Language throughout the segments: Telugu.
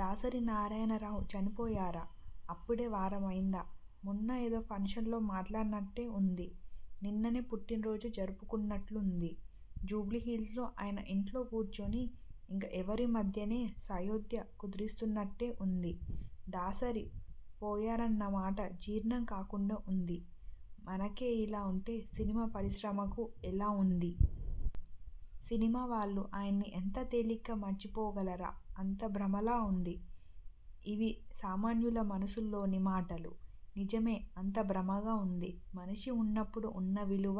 దాసరి నారాయణరావు చనిపోయారా? అప్పుడే వారమైందా? మొన్న ఏదో ఫంక్షన్ లో మాట్లాడినట్టే ఉంది. నిన్ననే పుట్టినరోజు జరుపుకున్నట్టుంది. జూబ్లీహిల్స్ లో ఆయన ఇంట్లో కూర్చుని ఇంకా ఎవరి మధ్యనే సయోధ్య కుదురుస్తున్నట్టే ఉంది. దాసరి పోయారన్నమాట జీర్ణం కాకుండా ఉంది మనకే ఇలా ఉంటే సినిమా పరిశ్రమకు ఎలా ఉంది? సినిమా వాళ్లు ఆయన్ని అంత తేలిగ్గా మర్చిపోగలరా అంతా భ్రమలా ఉంది ఇవి సామాన్యుల మనసుల్లోని మాటలు. నిజమే.. అంతా భ్రమగా ఉంది. మనిషి ఉన్నప్పుడు ఉన్న విలువ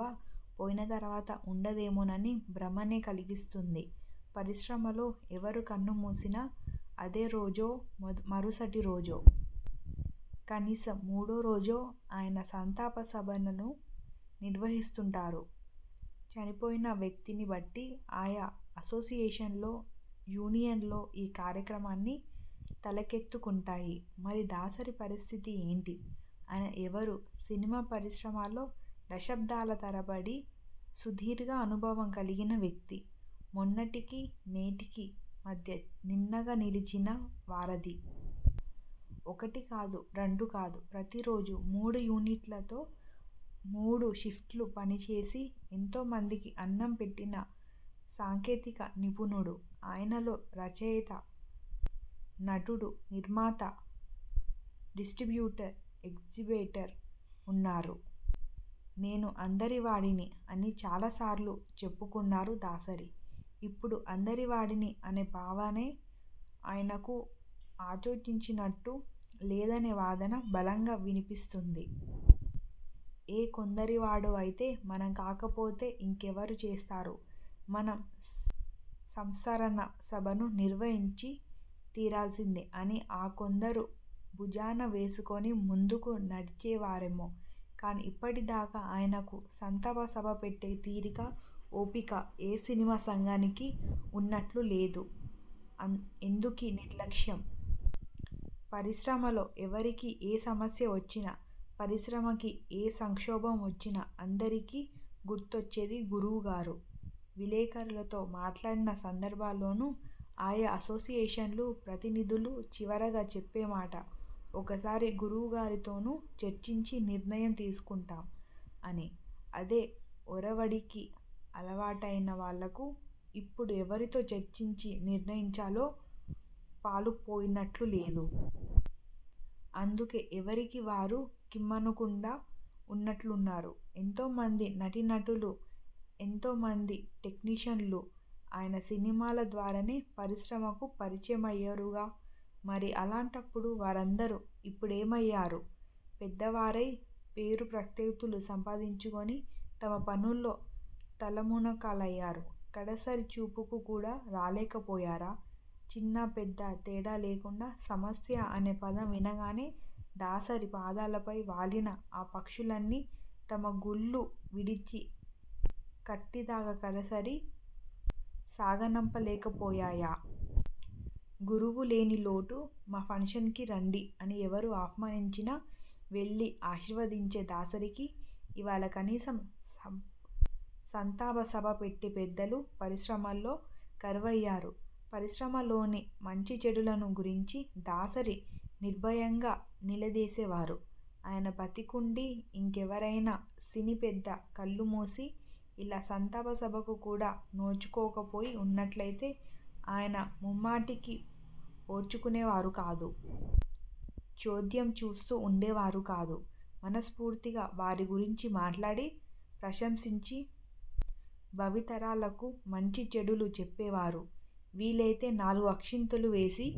పోయిన తర్వాత ఉండదేమోనని భ్రమనే కలిగిస్తోంది. పరిశ్రమలో ఎవరు కన్నుమూసినా అదే రోజో, మరుసటి రోజో.. కనీసం మూడో రోజో అయినా సంతాప సభలను నిర్వహిస్తుంటారు. చనిపోయిన వ్యక్తిని బట్టి ఆయా అసోసియేషన్లో, యూనియన్లో ఈ కార్యక్రమాన్ని తలకెత్తుకుంటాయి. మరి దాసరి పరిస్థితి ఏంటి? ఆయన ఎవరు? సినిమా పరిశ్రమలో దశాబ్దాల తరబడి సుదీర్ఘ అనుభవం కలిగిన వ్యక్తి. మొన్నటికి, నేటికీ మధ్య నిన్నగా నిలిచిన వారధి. ఒకటి కాదు, రెండు కాదు.. ప్రతి రోజూ మూడు యూనిట్లతో మూడు షిఫ్ట్లు పనిచేసి ఎంతో మందికి అన్నం పెట్టిన సాంకేతిక నిపుణుడు. ఆయనలో రచయిత.. నటుడు.. నిర్మాత, డిస్ర్టిబ్యూటర్, ఎగ్జిబిటర్ ఉన్నారు. 'నేను అందరివాడిని' అని చాలా సార్లు చెప్పుకున్నారు దాసరి. ఇప్పుడు అందరివాడిని అనే భావనే ఆయనకు అచ్చొచ్చినట్టు లేదనే వాదన బలంగా వినిపిస్తోంది. ఏ కొందరివాడో అయితే 'మనం కాకపోతే ఇంకెవరు చేస్తారు.. మనం సంస్మరణ సభను నిర్వహించి తీరాల్సిందే' అని ఆ కొందరూ భుజాన వేసుకుని ముందుకు నడిచేవారేమో కానీ ఇప్పటిదాకా ఆయనకు సంతాప సభ పెట్టే తీరిక, ఓపిక ఏ సినిమా సంఘానికి ఉన్నట్లు లేదు. ఎందుకీ నిర్లక్ష్యం? పరిశ్రమలో ఎవరికి ఏ సమస్య వచ్చినా, పరిశ్రమకి ఏ సంక్షోభం వచ్చినా అందరికీ గుర్తొచ్చేది 'గురువుగారు'. విలేకరులతో మాట్లాడిన సందర్భాల్లోనూ ఆయా అసోసియేషన్ల ప్రతినిధులు చివరిగా చెప్పే మాట.. 'ఒకసారి గురువుగారితోనూ చర్చించి, నిర్ణయం తీసుకుంటాం' అని. అదే ఒరవడికి అలవాటైన వాళ్లకు ఇప్పుడు ఎవరితో చర్చించి నిర్ణయించాలో పాలుపోయినట్టు లేదు. అందుకే ఎవరికి వారు కిమ్మనకుండా ఉన్నట్టున్నారు. ఎంతో మంది నటీనటులు, ఎంతో మంది టెక్నీషియన్లు ఆయన సినిమాల ద్వారానే పరిశ్రమకు పరిచయమయ్యారుగా.. మరి అలాంటప్పుడు వారందరూ ఇప్పుడేమయ్యారు. పెద్దవారై, పేరు ప్రఖ్యాతులు సంపాదించుకుని తమ పనుల్లో తలమునకలయ్యారా? కడసారి చూపుకు కూడా రాలేకపోయారా?.. చిన్నా, పెద్ద తేడా లేకుండా 'సమస్య' అనే పదం వినగానే దాసరి పాదాలపై వాలిన ఆ పక్షులన్నీ తమ గూళ్లు విడిచి కాటిదాకా కడసారి సాగనంపలేకపోయాయా? 'గురువు' లేని లోటు'మా ఫంక్షన్కి రండి' అని ఎవరు ఆహ్వానించినా వెళ్లి ఆశీర్వదించే దాసరికి ఇవాళ కనీసం సంతాప సభ పెట్టే పెద్దలు పరిశ్రమలో కరవయ్యారు. పరిశ్రమలోని మంచీచెడులను గురించి దాసరి నిర్భయంగా నిలదేసేవారు. ఆయన బతికుండీ ఇంకెవరైనా సినీ పెద్ద కళ్లుమూసి ఇలా సంతాపసభకు కూడా నోచుకోకపోయి ఉన్నట్లయితే ఆయన ముమ్మాటికీ ఓర్చుకునేవారు కాదు.. చోద్యం చూస్తూ ఉండేవారు కాదు. మనస్ఫూర్తిగా వారి గురించి మాట్లాడి, ప్రశంసించి.. భావి తరాలకు మంచీ చెడులు చెప్పేవారు. వీలైతే నాలుగు అక్షింతలు వేసి